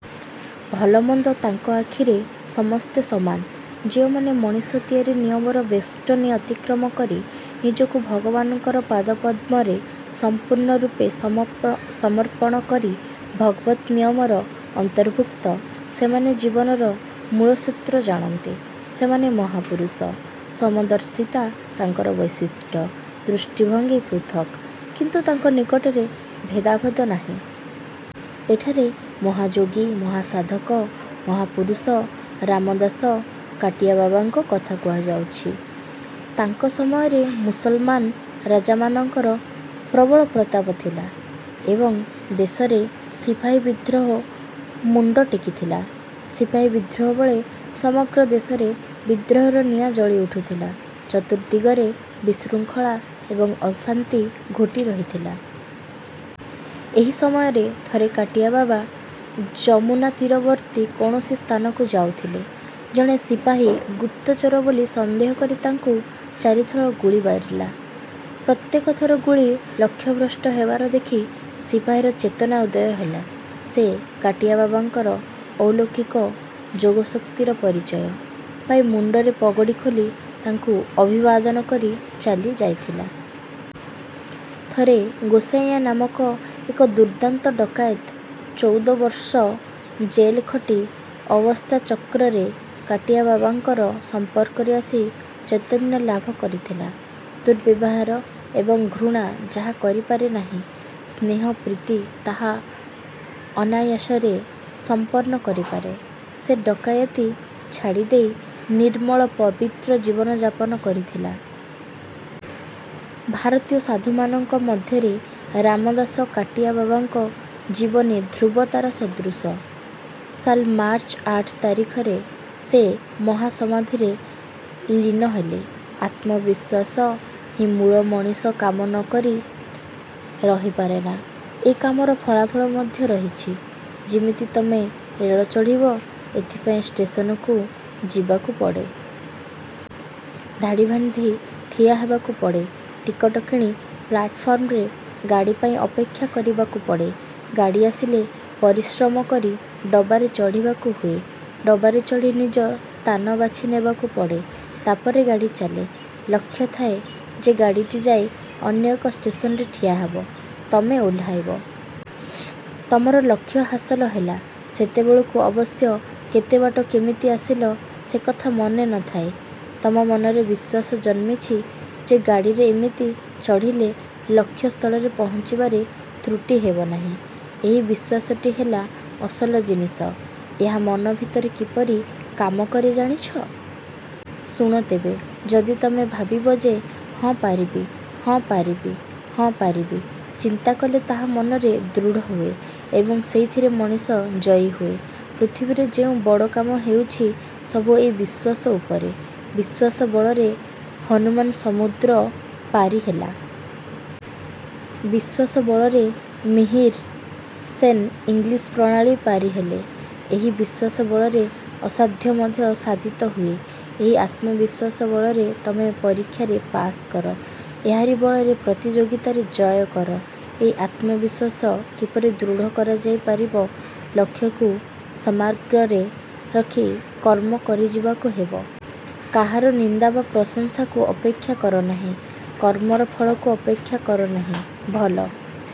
ଭଲ-ମନ୍ଦ ତାଙ୍କ ଆଖିରେ ସମସ୍ତେ ସମାନ। ଯେଉଁମାନେ ମଣିଷ ତିଆରି ନିୟମର ବେଷ୍ଟନୀ ଅତିକ୍ରମ କରି, ନିଜକୁ ଭଗବାନଙ୍କର ପାଦପଦ୍ମରେ ସଂପୂର୍ଣ୍ଣରୂପେ ସମର୍ପଣ କରି ଭଗବତ୍ ନିୟମର ଅନ୍ତର୍ଭୁକ୍ତ, ସେମାନେ ଜୀବନର ମୂଳସୂତ୍ର ଜାଣନ୍ତି। ସେମାନେ ମହାପୁରୁଷ। ସମଦର୍ଶିତା ତାଙ୍କର ବୈଶିଷ୍ଟ୍ୟ। ଦୃଷ୍ଟିଭଙ୍ଗୀ ପୃଥକ୍-କିନ୍ତୁ ତାଙ୍କ ନିକଟରେ ଭେଦାଭେଦ ନାହିଁ। ଏଠାରେ ମହାଯୋଗୀ, ମହାସାଧକ, ମହାପୁରୁଷ ରାମଦାସ-କାଟିଆବାବାଙ୍କ କଥା କୁହାଯାଉଛି। ତାଙ୍କ ସମୟରେ ମୁସଲମାନ ରାଜାମାନଙ୍କର ପ୍ରବଳ ପ୍ରତାପ ଥିଲା ଏବଂ ଦେଶରେ ସିପାହୀ ବିଦ୍ରୋହ ମୁଣ୍ଡ ଟେକିଥିଲା। ସିପାହୀ-ବିଦ୍ରୋହ ବେଳେ ସମଗ୍ର ଦେଶରେ ବିଦ୍ରୋହର ନିଆଁ ଜଳି ଉଠୁଥିଲା। ଚତୁର୍ଦ୍ଦିଗରେ ବିଶୃଙ୍ଖଳା ଏବଂ ଅଶାନ୍ତି ଘୋଟି ରହିଥିଲା। ଏହି ସମୟରେ ଥରେ କାଟିଆବାବା ଯମୁନାତୀରବର୍ତ୍ତୀ କୌଣସି ସ୍ଥାନକୁ ଯାଉଥିଲେ। ଜଣେ ସିପାହୀ ଗୁପ୍ତଚର ବୋଲି ସନ୍ଦେହ କରି ତାଙ୍କୁ ଚାରିଥର ଗୁଳି ମାରିଲା। ପ୍ରତ୍ୟେକ ଥର ଗୁଳି ଲକ୍ଷ୍ୟଭ୍ରଷ୍ଟ ହେବାର ଦେଖି ସିପାହୀର ଚେତନା-ଉଦୟ ହେଲା। ସେ କାଟିଆବାବାଙ୍କର ଅଲୌକିକ ଯୋଗଶକ୍ତିର ପରିଚୟ ପାଇ ମୁଣ୍ଡର ପଗଡ଼ି ଖୋଲି ତାଙ୍କୁ ଅଭିବାଦନ କରି ଚାଲି ଯାଇଥିଲା। ଥରେ ଗୋସାଇଁଆ ନାମକ ଏକ ଦୁର୍ଦ୍ଦାନ୍ତ ଡକାଏତ ଚଉଦ ବର୍ଷ ଜେଲ ଖଟି ଅବସ୍ଥାଚକ୍ରରେ କାଟିଆବାବାଙ୍କର ସମ୍ପର୍କରେ ଆସି ଚୈତନ୍ୟ ଲାଭ କରିଥିଲା। ଦୁର୍ବ୍ୟବହାର ଏବଂ ଘୃଣା ଯାହା କରିପାରେ ନାହିଁ, ସ୍ନେହ-ପ୍ରୀତି ତାହା ଅନାୟାସରେ ସମ୍ପନ୍ନ କରିପାରେ। ସେ ଡକାଏତି ଛାଡ଼ିଦେଇ ନିର୍ମଳ ପବିତ୍ର ଜୀବନ ଯାପନ କରିଥିଲା। ଭାରତୀୟ ସାଧୁମାନଙ୍କ ମଧ୍ୟରେ ରାମଦାସ-କାଟିଆବାବାଙ୍କ ଜୀବନୀ ଧ୍ରୁବତାରା ସଦୃଶ-। ସାଲ ମାର୍ଚ୍ଚ ଆଠ ତାରିଖରେ ସେ ମହାସମାଧିରେ ଲୀନ ହେଲେ। ଆତ୍ମବିଶ୍ୱାସ ହିଁ ମୂଳ ମଣିଷ କାମ ନ କରି ରହିପାରେନା। ଏ କାମର ଫଳାଫଳ ମଧ୍ୟ ରହିଛି। ଯିମିତି ତମେ ରେଳ ଚଢ଼ିବ; ଏଥିପାଇଁ ଷ୍ଟେସନକୁ ଯିବାକୁ ପଡ଼େ। ଧାଡ଼ି ବାନ୍ଧି ଠିଆ ହେବାକୁ ପଡ଼େ। ଟିକଟ କିଣି ପ୍ଲାଟଫର୍ମରେ ଗାଡ଼ି ପାଇଁ ଅପେକ୍ଷା କରିବାକୁ ପଡ଼େ। ଗାଡ଼ି ଆସିଲେ ପରିଶ୍ରମକରି ଡବାରେ ଚଢ଼ିବାକୁ ହୁଏ ଡବାରେ ଚଢ଼ି ନିଜ ସ୍ଥାନ ବାଛି ନେବାକୁ ପଡ଼େ। ତା'ପରେ ଗାଡ଼ି ଚାଲେ। ଲକ୍ଷ୍ୟ ଥାଏ ଯେ ଗାଡ଼ିଟି ଯାଇ ଅନ୍ୟ ଏକ ଷ୍ଟେସନରେ ଠିଆ ହେବ, ତମେ ଓହ୍ଲାଇବ। ତମର ଲକ୍ଷ୍ୟ ହାସଲ ହେଲା। ସେତେବେଳକୁ ଅବଶ୍ୟ କେତେବାଟ କିମିତି ଆସିଲ ସେ କଥା ମନେ ନ ଥାଏ। ତମ ମନରେ ବିଶ୍ୱାସ ଜନ୍ମିଛି ଯେ ଗାଡ଼ିରେ ଇମିତି ଚଢ଼ିଲେ ଲକ୍ଷ୍ୟ ସ୍ଥଳରେ ପହଞ୍ଚିବାରେ ତ୍ରୁଟି ହେବନାହିଁ। ଏହି ବିଶ୍ୱାସଟି ହେଲା ଅସଲ ଜିନିଷ। ଏହା ମନ ଭିତରେ କିପରି କାମ କରେ, ଜାଣିଛ? ଶୁଣ ତେବେ। ଯଦି ତମେ ଭାବିବ ଯେ 'ହଁ ପାରିବି, ହଁ ପାରିବି, ହଁ ପାରିବି', ଚିନ୍ତା କଲେ ତାହା ମନରେ ଦୃଢ଼ ହୁଏ ଏବଂ ସେଇଥିରେ ମଣିଷ ଜୟୀ ହୁଏ। ପୃଥିବୀରେ ଯେଉଁ ବଡ଼ କାମ ହେଉଛି ସବୁ ଏହି ବିଶ୍ୱାସ ଉପରେ। ବିଶ୍ୱାସ ବଳରେ ହନୁମାନ ସମୁଦ୍ର ପାରିହେଲା। ବିଶ୍ୱାସ ବଳରେ ମିହିର ସେନ୍ ଇଂଲିଶ୍ ପ୍ରଣାଳୀ ପାରିହେଲେ। ଏହି ବିଶ୍ୱାସ ବଳରେ ଅସାଧ୍ୟ ମଧ୍ୟ ସାଧିତ ହୁଏ। ଏହି ଆତ୍ମବିଶ୍ୱାସ ବଳରେ ତମେ ପରୀକ୍ଷାରେ ପାସ୍ କର। ଏହାରି ବଳରେ ପ୍ରତିଯୋଗିତାରେ ଜୟ କର ଏହି ଆତ୍ମବିଶ୍ୱାସ କିପରି ଦୃଢ଼ କରାଯାଇପାରିବ? ଲକ୍ଷ୍ୟକୁ ସତ୍ମାର୍ଗରେ ରଖି କର୍ମ କରିଯିବାକୁ ହେବ। କାହାର ନିନ୍ଦା ବା ପ୍ରଶଂସାକୁ ଅପେକ୍ଷା କର ନାହିଁ। କର୍ମର ଫଳକୁ ଅପେକ୍ଷା କର ନାହିଁ। ଭଲ